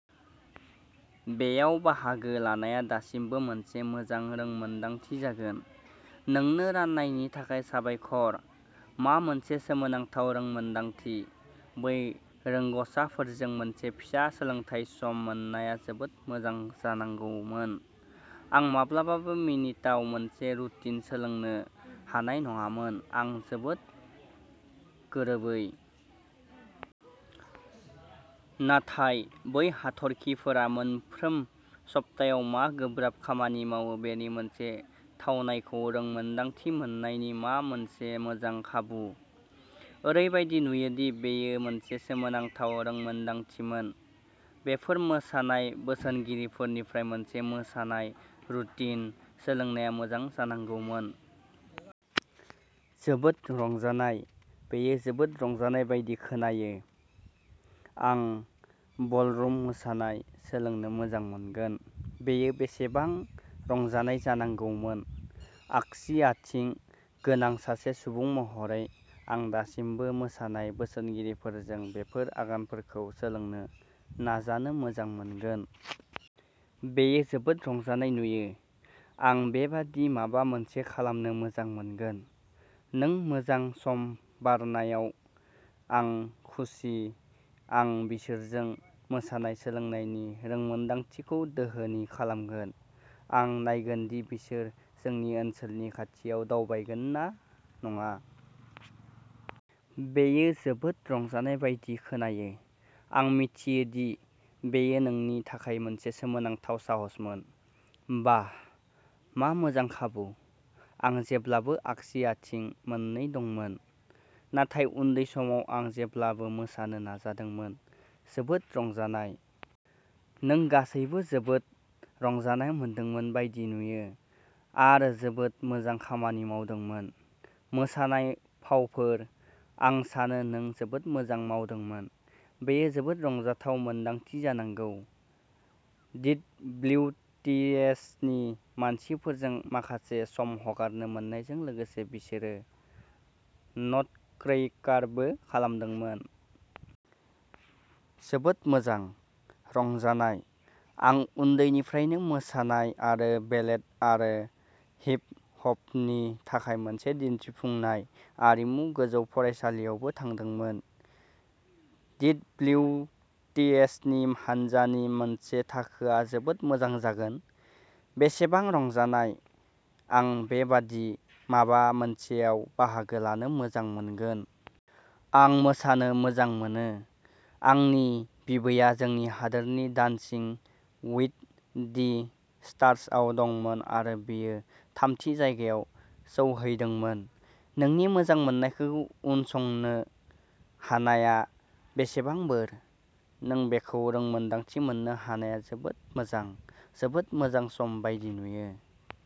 बेयाव बाहागो लानाया दासिमबो मोनसे मोजां रोंमोन्दांथि जागोन। नोंनो राननायनि थाखाय साबायखर। मा मोनसे सोमोनांथाव रोंमोन्दांथि! बै रोंग'साफोरजों मोनसे फिसा सोलोंथाय सम मोननाया जोबोद मोजां जानांगौमोन। आं माब्लाबाबो मिनिटाव मोनसे रुटिन सोलोंनो हानाय नङामोन, आं जोबोद गोरोबै! नाथाय बै हाथरखिफोरा मोनफ्रोम सप्तायाव मा गोब्राब खामानि मावो बेनि मोनसे थावनायखौ रोंमोन्दांथि मोन्नायनि मा मोनसे मोजां खाबु! ओरैबायदि नुयोदि बेयो मोनसे सोमोनांथाव रोंमोन्दांथिमोन। बेफोर मोसानाय बोसोनगिरिफोरनिफ्राय मोनसे मोसानाय रुटिन सोलोंनाया मोजां जानांगौमोन। जोबोद रंजानाय! बेयो जोबोद रंजानाय बायदि खोनायो! आं बलरुम मोसानाय सोलोंनो मोजां मोनगोन! बेयो बेसेबां रंजानाय जानांगौमोन। " आगसि आथिं" गोनां सासे सुबुं महरै, आं दासिमबो मोसानाय बोसोनगिरिफोरजों बेफोर आगानफोरखौ सोलोंनो नाजानो मोजां मोनगोन। बेयो जोबोद रंजानाय नुयो! आं बेबादि माबा मोनसे खालामनो मोजां मोनगोन। नों मोजां सम बारनायाव आं खुसि! आं बिसोरजों मोसानाय सोलोंनायनि रोंमोनदांथिखौ दोहोनि खालामगोन। आं नायगोन दि बिसोर जोंनि ओनसोलनि खाथियाव दावबायगोन ना नङा। बेयो जोबोद रंजानाय बायदि खोनायो। आं मिथियो दि बेयो नोंनि थाखाय मोनसे सोमोनांथाव साहसमोन। बाह, मा मोजां खाबु! आं जेब्लाबो आगसि आथिं मोननै दंमोन, नाथाय उन्दै समाव आं जेब्लाबो मोसानो नाजादोंमोन। जोबोद रंजानाय! नों गासैबो जोबोद रंजानाय मोनदोंमोन बायदि नुयो। आरो जोबोद मोजां खामानि मावदोंमोन। मोसानाय फावफोर। आं सानो नों जोबोद मोजां मावदोंमोन। बेयो जोबोद रंजाथाव मोन्दांथि जानांगौ। डिडब्लिउटिएसनि मानसिफोरजों माखासे सम हगारनो मोन्नायजों लोगोसे बिसोरो नटक्रैकारबो खालामदोंमोन। जोबोद मोजां। रंजानाय! आं उन्दैनिफ्रायनो मोसानाय आरो बेलेट आरो हिप हपनि थाखाय मोनसे दिन्थिफुंनाय आरिमु गोजौ फरायसालियावबो थांदोंमोन। डिडब्लिउटिएसनि हान्जानि मोनसे थाखोआ जोबोद मोजां जागोन! बेसेबां रंजानाय! आं बेबादि माबा मोनसेयाव बाहागो लानो मोजां मोनगोन। आं मोसानो मोजां मोनो। आंनि बिबैआ जोंनि हादोरनि डान्सिं विद दि स्टार्सआव दंमोन आरो बियो थामथि जायगायाव सौहैदोंमोन! नोंनि मोजां मोननायखौ उनसंनो हानायआ बेसेबां बोर! नों बेखौ रोंमोन्दांथि मोननो हानायआ जोबोद मोजां! जोबोद मोजां सम बायदि नुयो।